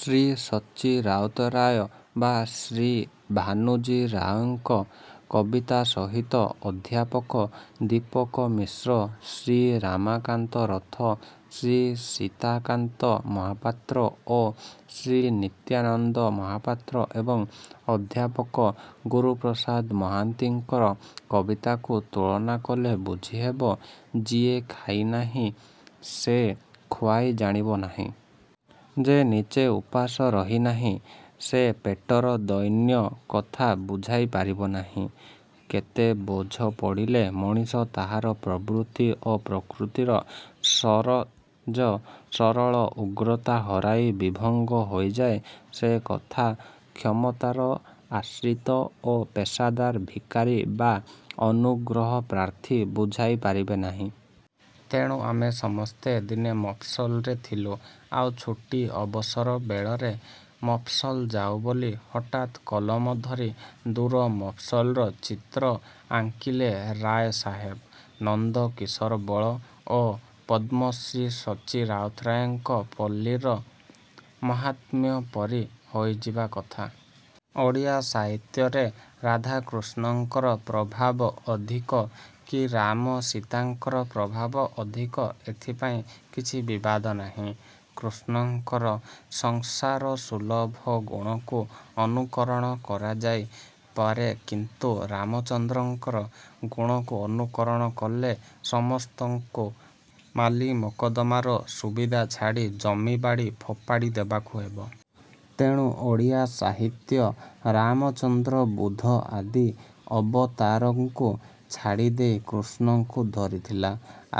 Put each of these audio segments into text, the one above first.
ଶ୍ରୀ ସଚ୍ଚି ରାଉତରାୟ ବା ଶ୍ରୀ ଭାନୁଜୀ ରାଓଙ୍କ କବିତା ସହିତ ଅଧ୍ୟାପକ ଦୀପକ ମିଶ୍ର, ଶ୍ରୀ ରମାକାନ୍ତ ରଥ, ଶ୍ରୀ ସୀତାକାନ୍ତ ମହାପାତ୍ର ଓ ଶ୍ରୀ ନିତ୍ୟାନନ୍ଦ ମହାପାତ୍ର ଏବଂ ଅଧ୍ୟାପକ ଗୁରୁପ୍ରସାଦ ମହାନ୍ତିଙ୍କର କବିତାକୁ ତୁଳନା କଲେ ବୁଝି ହେବ-। ଯିଏ ଖାଇ ନାହିଁ, ସେ ଖୁଆଇ ଜାଣିବ ନାହିଁ। ଯେ ନିଜେ ଉପାସ ରହି ନାହିଁ, ସେ ପେଟର ଦୈନ୍ୟ କଥା ବୁଝାଇ ପାରିବ ନାହିଁ। କେତେ ବୋଝ ପଡ଼ିଲେ ମଣିଷ ତାହାର ପ୍ରବୃତ୍ତି ଓ ପ୍ରକୃତିର ସହଜ ସରଳ ଉଗ୍ରତା ହରାଇ ବିଭଙ୍ଗ ହୋଇଯାଏ ସେ କଥା କ୍ଷମତାର ଆଶ୍ରିତ ଓ ପେଶାଦାର ଭିକାରୀ ବା ଅନୁଗ୍ରହପ୍ରାର୍ଥୀ ବୁଝାଇ ପାରିବେ ନାହିଁ। ତେଣୁ ଆମେ ସମସ୍ତେ ଦିନେ ମଫସଲରେ ଥିଲୁ ଆଉ ଛୁଟି ଅବସର ବେଳରେ ମଫସଲ ଯାଉ ବୋଲି ହଠାତ୍ କଲମ ଧରି ଦୂର ମଫସଲର ଚିତ୍ର ଆଙ୍କିଲେ ରାୟ ସାହେବ, ନନ୍ଦ କିଶୋର ବଳ, ଓ ପଦ୍ମଶ୍ରୀ ସଚ୍ଚି ରାଉତରାୟଙ୍କ ପଲ୍ଲୀର ମାହାତ୍ମ୍ୟ ପରି ହୋଇଯିବା କଥା। ଓଡ଼ିଆ ସାହିତ୍ୟରେ ରାଧାକୃଷ୍ଣଙ୍କର ପ୍ରଭାବ ଅଧିକ କି ରାମ ସୀତାଙ୍କର ପ୍ରଭାବ ଅଧିକ ଏଥିପାଇଁ କିଛି ବିବାଦ ନାହିଁ। କୃଷ୍ଣଙ୍କର ସଂସାରସୁଲଭ ଗୁଣକୁ ଅନୁକରଣ କରାଯାଇ ପାରେ କିନ୍ତୁ ରାମଚନ୍ଦ୍ରଙ୍କର ଗୁଣକୁ ଅନୁକରଣ କଲେ ସମସ୍ତଙ୍କୁ ମାଲିମକଦ୍ଦମାର ସୁବିଧା ଛାଡ଼ି ଜମିବାଡ଼ି ଫୋପାଡ଼ି ଦବାକୁ ହେବ। ତେଣୁ ଓଡ଼ିଆ ସାହିତ୍ୟ ରାମଚନ୍ଦ୍ର ବୁଦ୍ଧ ଆଦି ଅବତାରଙ୍କୁ ଛାଡ଼ିଦେଇ କୃଷ୍ଣଙ୍କୁ ଧରିଥିଲା।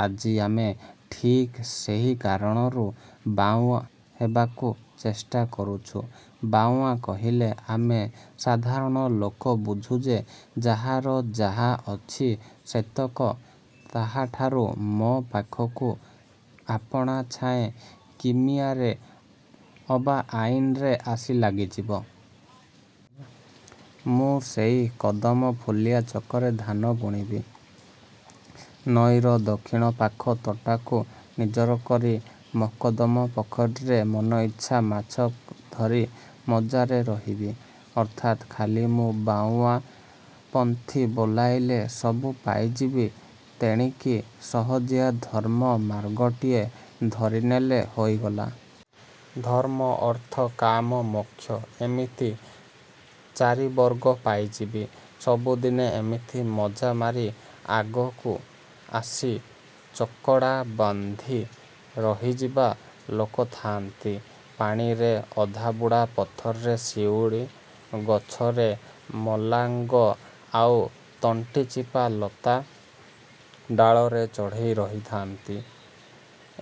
ଆଜି ଆମେ ଠିକ୍ ସେଇ କାରଣରୁ ବାଉଁଆ ହେବାକୁ ଚେଷ୍ଟା କରୁଛୁ। ବାଉଁଆ କହିଲେ ଆମେ ସାଧାରଣ ଲୋକ ବୁଝୁ ଯେ ଯାହାର ଯାହା ଅଛି ସେତକ ତାହାଠାରୁ ମୋ'ପାଖକୁ ଆପଣା ଛାଏଁ କିମିଆରେ ଅବା ଆଇନରେ ଆସି ଲାଗିଯିବ। ମୁଁ ସେଇ କଦମ ଫୁଲିଆ ଚକରେ ଧାନ ବୁଣିବି, ନଈର ଦକ୍ଷିଣ ପାଖ ତୋଟାକୁ ନିଜର କରି ମକଦମ ପୋଖରୀରେ ମନଇଚ୍ଛା ମାଛ ଧରି ମଜ୍ଜାରେ ରହିବି। ଅର୍ଥାତ୍ ଖାଲି ମୁଁ ବାଉଁଆପନ୍ଥୀ ବୋଲାଇଲେ ସବୁ ପାଇଯିବି। ତେଣିକି ସହଜିଆ ଧର୍ମ ମାର୍ଗଟିଏ ଧରିନେଲେ ହୋଇଗଲା। ଧର୍ମ-ଅର୍ଥ-କାମ-ମୋକ୍ଷ ଏମିତି ଚାରିବର୍ଗ ପାଇଯିବି। ସବୁଦିନେ ଏମିତି ମଜ୍ଜା ମାରି ଆଗରୁ ଆସି ଚକଡ଼ା ବାନ୍ଧି ରହିଯିବା ଲୋକ ଥାନ୍ତି। ପାଣିରେ ଅଧାବୁଡ଼ା ପଥରରେ ଶିଉଳୀ, ଗଛରେ ମଲାଙ୍ଗ ଆଉ ତଣ୍ଟିଚିପା ଲଟା, ଡାଳରେ ଚଢ଼େଇ ରହିଥାନ୍ତି।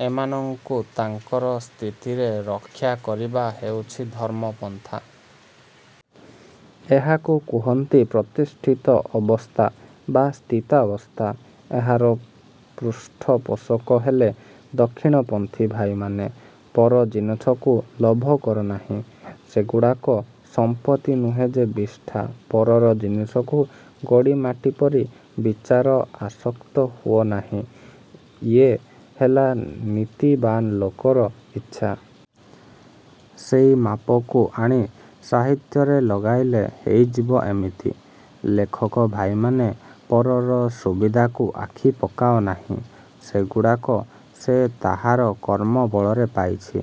ଏମାନଙ୍କୁ ତାଙ୍କର ସ୍ଥିତିରେ ରକ୍ଷା କରିବା ହେଉଛି-ଧର୍ମ ପନ୍ଥା। ଏହାକୁ କହନ୍ତି ପ୍ରତିଷ୍ଠିତ ଅବସ୍ଥା ବା ସ୍ଥିତାବସ୍ଥା। ଏହାର ପୃଷ୍ଠପୋଷକ ହେଲେ ଦକ୍ଷିଣପନ୍ଥୀ। ଭାଇମାନେ। ପର ଜିନିସକୁ ଲୋଭ କର ନାହିଁ। ସେଗୁଡ଼ାକ ସଂପତ୍ତି ନୁହେଁ ଯେ ବିଷ୍ଠା-। ପରର ଜିନିସକୁ ଗୋଡ଼ିମାଟି ପରି ବିଚାରି ଆସକ୍ତ ହୁଅ ନାହିଁ-ଇଏ ହେଲା ନୀତିବାନ୍ ଲୋକର ଇଚ୍ଛା। ସେଇ ମାପକୁ ଆଣି ସାହିତ୍ୟରେ ଲଗାଇଲେ ହେଇଯିବ ଏମିତି। ଲେଖକ ଭାଇମାନେ। ପରର ସୁବିଧାକୁ ଆଖି ପକାଅ ନାହିଁ। ସେଗୁଡ଼ାକ ସେ ତାହାର କର୍ମ ବଳରେ ପାଇଛି।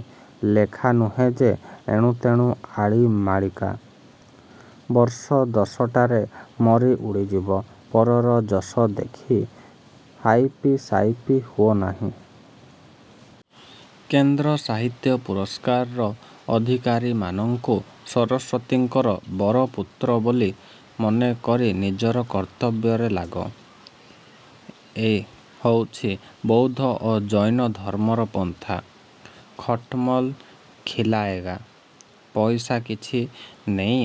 ଲେଖା ନୁହେଁ ଯେ ଏଣୁତେଣୁ ଆଳି ମାଳିକା। ବର୍ଷ ଦଶଟାରେ ମରି ଉଡ଼ିଯିବ। ପରର ଯଶ ଦେଖି ହାଇପିସାଇପି ହୁଅ ନାହିଁ। କେନ୍ଦ୍ର ସାହିତ୍ୟ ପୁରସ୍କାରର ଅଧିକାରୀମାନଙ୍କୁ ସରସ୍ୱତୀଙ୍କର ବରପୁତ୍ର ବୋଲି ମନେ କରି ନିଜର କର୍ତ୍ତବ୍ୟରେ ଲାଗ। ଇଏ ହେଉଛି ବୌଦ୍ଧ ଓ ଜୈନ ଧର୍ମର ପନ୍ଥା-ଖଟମଲ୍ ଖିଲାଏଗା। ପଇସା କିଛି ନେଇ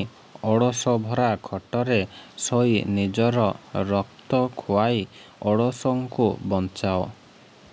ଓଡ଼ଶ ଭରା ଖଟରେ ଶୋଇ ନିଜର ରକ୍ତ ଖୁଆଇ ଓଡ଼ଶଙ୍କୁ ବଞ୍ଚାଅ।